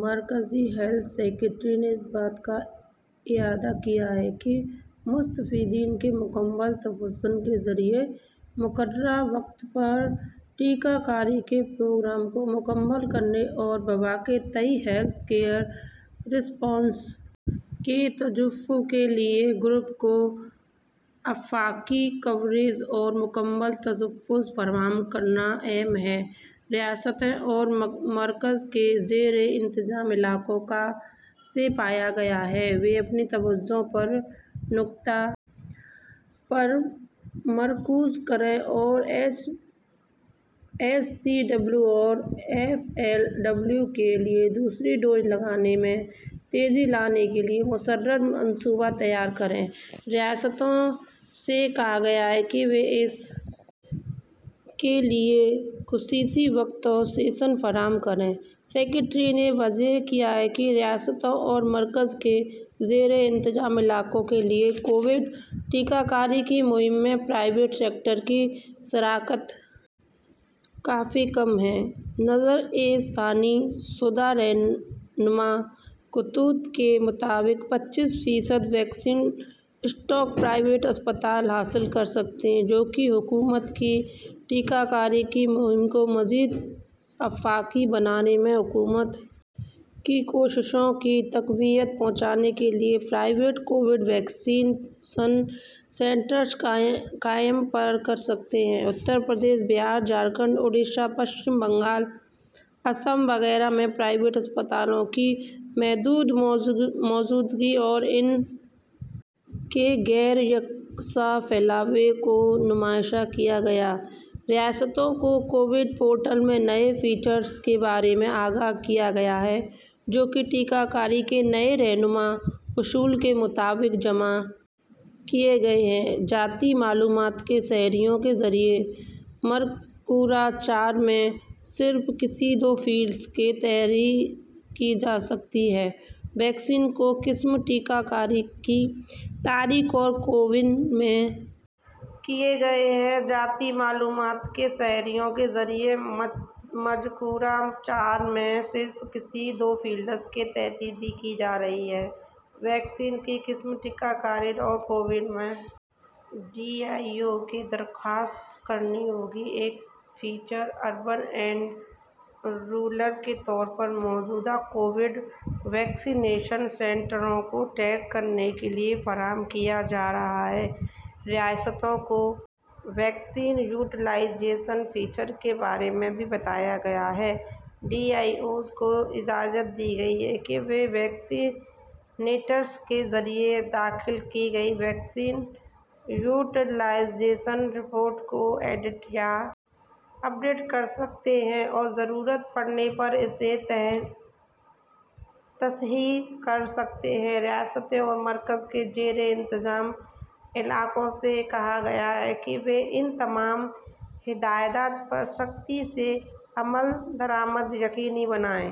مرکزی health secretary نے اس بات کا اعادہ کیا کہ مستفیدین کے مکمل تحفظ کے لیے مقررہ وقت پر ٹیکہ کاری کے پروگرام کو مکمل کرنے اور وبا کے تئیں ہیلتھ کیئر رسپانس کے تحفظ کے لیے اس گروپ کو آفاقی کوریج اور مکمل تحفظ فراہم کرنا اہم ہے ریاستوں اور مرکز کے زیر انتظام علاقوں سے کہا گیا ہے کہ وہ اپنی توجہ اس نکتہ پر مرکوز کریں اور ایچ سی ڈبلیو اور ایف ایل ڈبلیو کے لیے دوسری ڈوز لگانے میں تیزی لانے کے لیے موثر منصوبہ تیار کریں ریاستوں سے کہا گیا ہے کہ وہ اس کے لیے خصوصی وقت اور سیشن فراہم کریں سکریٹری نے واضح کیا کہ ریاستوں اور مرکز کے زیر انتظام علاقوں کے لیے کووڈ ٹیکہ کاری کی مہم میں پرائیویٹ سیکٹر کی شراکت داری کافی کم ہے نظرثانی شدہ رہنما خطوط کے مطابق پچیس فیصد ویکسین اسٹاک پرائیویٹ اسپتال حاصل کر سکتے ہیں جو کہ حکومت کی ٹیکہ کاری کی مہم کو مزید آفاقی بنانے میں حکومت کی کوششوں کو تقویت پہنچانے کے لیے private covid vaccination centres قائم کر سکتے ہیں اتر پردیش بہار جھارکھنڈ اڈیشہ مغربی بنگال آسام وغیرہ میں پرائیویٹ اسپتالوں کی محدود موجودگی اور ان کے غیر یکساں پھیلاؤ کو نمایاں کیا گیا ریاستوں کو کووِن پورٹل میں نئے فیچرز کے بارے میں آگاہ کیا گیا ہے جو کہ ٹیکہ کاری کے نئے رہنما اصول کے مطابق جمع کیے گئے ہیں ذاتی معلومات میں شہریوں کے ذریعہ مذکورہ چار میں سے صرف کسی دو فیلڈز میں تصحیح کی جا سکتی ہے ویکسین کی قسم ٹیکہ کاری کی تاریخ اور کووِن میں ریکارڈ نہ ہونے والی ویکسی نیشن کی تفصیلات میں تبدیلی ڈسٹرکٹ امیونائزیشن آفیسرز کی مدد سے کی جا سکتی ہے یہ تبدیلیاں صارفین خود سے نہیں کر سکتے بلکہ اس کے لیے انہیں ڈی آئی او سے درخواست کرنی ہوگی ایک فیچر اربن اینڈ رورل کے طور پر موجودہ کووڈ ویکسی نیشن سینٹرز کو ٹیگ کرنے کے لیے بھی فراہم کیا جا رہا ہے ریاستوں کو ویکسین یوٹیلائزیشن فیچر کے بارے میں بھی بتایا گیا ہے ڈی آئی اوز کو اجازت دی گئی ہے کہ وہ ویکسی نیٹرس کے ذریعہ داخل کی گئی ویکسین یوٹیلائزیشن رپورٹ کو ایڈٹ یا اپ ڈیٹ کر سکتے ہیں اور ضرورت پڑنے پر اس میں تصحیح کر سکتے ہیں ریاستوں اور مرکز کے زیر انتظام علاقوں سے کہا گیا ہے کہ وہ ان تمام ہدایات پر سختی سے عمل درآمد یقینی بنائیں